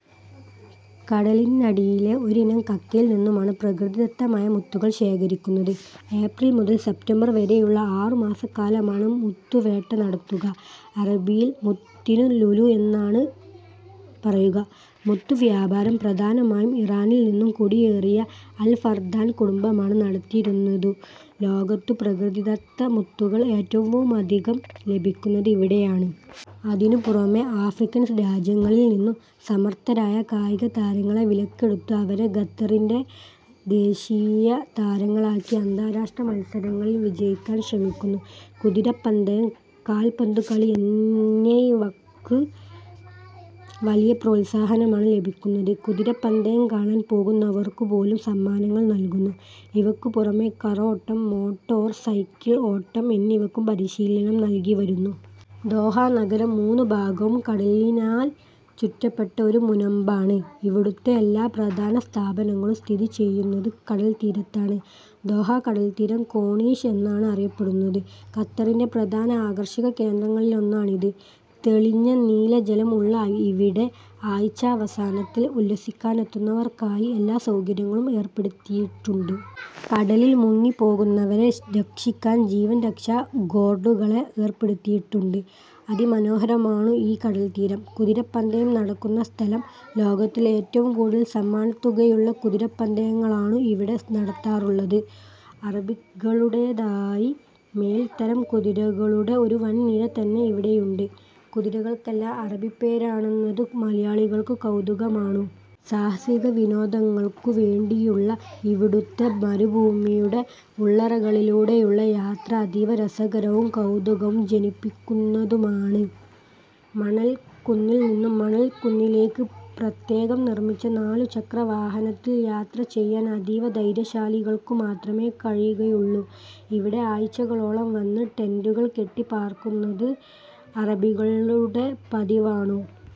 കടലിന്നടിയിലെ ഒരിനം കക്കയിൽ നിന്നുമാണ് പ്രകൃതി ദത്തമായ മുത്തുകൾ ശേഖരിക്കുന്നത്. ഏപ്രിൽ മുതൽ സെപ്റ്റംബർ വരെയുള്ള ആറു മാസക്കാലമാണ് മുത്തു വേട്ട നടത്തുക. അറബിയിൽ മുത്തിനു ലുലു എന്നാണ് പറയുക. മുത്തു വ്യാപാരം പ്രധാനമായും ഇറാനിൽ നിന്നും കുടിയേറിയ അൽ ഫർദാൻ കുടുംബമാണ് നടത്തിയിരുന്നതു. ലോകത്ത് പ്രകൃതിദത്ത മുത്തുകൾ ഏറ്റവുമധികം ലഭിക്കുന്നത് ഇവിടെയാണ്. അതിനു പുറമെ ആഫ്രിക്കൻ രാജ്യങ്ങളിൽ നിന്നും സമർത്ഥരായ കായിക താരങ്ങളെ വിലക്കെടുത്ത് അവരെ ഖത്തറിന്റെ ദേശീയ താരങ്ങളാക്കി അന്താരാഷ്ട്രാ മൽസരങ്ങളിൽ വിജയിക്കാൻ ശ്രമിക്കുന്നു. കുതിരപ്പന്തയം, കാല്പന്തു കളി എന്നൈവക്ക് വലിയ പ്രോൽസാഹനമാണ് ലഭിക്കുന്നത്. കുതിരപ്പന്തയം കാണാൻ പോകുന്നവർക്കു പോലും സമ്മാനങ്ങൾ നൽകുന്നു. ഇവക്കു പുറമെ കറോട്ടം, മോട്ടോർ സൈക്കിൾ ഓട്ടം എന്നിവക്കും പരിശീലനം നൽകി വരുന്നു. ദോഹ നഗരം മൂന്നുഭാഗവും കടലിനാൽ ചുറ്റപ്പെട്ട ഒരു മുനമ്പ് ആണു. ഇവിടുത്തെ എല്ലാ പ്രധാന സ്ഥാപനങ്ങളും സ്ഥിതിചെയ്യുന്നത് കടൽത്തീരത്താണ്. ദോഹ കടൽ തീരം കോണീഷ് എന്നാണു അറിയപ്പെടുന്നതു. ഖത്തറിന്റെ പ്രധാന ആകർഷക കേന്ദ്രങ്ങളിലൊന്നാണിത്. തെളിഞ്ഞ നീല ജലം ഉള്ള ഇവിടെ ആഴ്ചാവസാനത്തിൽ ഉല്ലസിക്കാനെത്തുന്നവർക്കായി എല്ലാ സൗകര്യങ്ങളും ഏർപ്പെടുത്തിയിട്ടുണ്ട്. കടലിൽ മുങ്ങിപ്പോകുന്നവരെ രക്ഷിക്കാൻ ജീവൻ രക്ഷാ ഗോർഡുകളെ ഏർപ്പെടുത്തിയിട്ടുണ്ട്. അതി മനോഹരമാണു ഈ കടൽത്തീരം. കുതിരപ്പന്തയം നടക്കുന്ന സ്ഥലം. ലോകത്തിലെ ഏറ്റവും കൂടുതൽ സമ്മാനത്തുകയുള്ള കുതിരപ്പന്തയങ്ങളാണു ഇവിടെ നടത്താറുള്ളതു. അറബികളുടെതായി മേൽത്തരം കുതിരകളുടെ ഒരു വൻ നിര തന്നെ ഇവിടെയുണ്ട്. കുതിരകൾക്കെല്ലാം അറബിപ്പേരാണെന്നതു മലയാളികൾക്കു കൗതുകമാണു. സാഹസിക വിനോദങ്ങൾക്കു വേണ്ടിയുള്ള ഇവിടുത്തെ മരുഭൂമിയുടെ ഉള്ളറകളിലൂടെയുള്ള യാത്ര അതീവ രസകരവും കൗതുകം ജനിപ്പിക്കുന്നതുമാണു. മണൽക്കുന്നിൽ നിന്നും മണൽ കുന്നിലേക്ക് പ്രത്യേകം നിർമ്മിച്ച നാലു ചക്ര വഹനത്തിൽ യാത്ര ചെയ്യാൻ അതീവ ധൈര്യശാലികൾക്കു മാത്രമെ കഴിയുകയുള്ളു. ഇവിടെ ആഴ്ചകളോളം വന്ന് ടെന്റുകൾ കെട്ടി പാർക്കുന്നത് അറബികളുടെ പതിവാണു.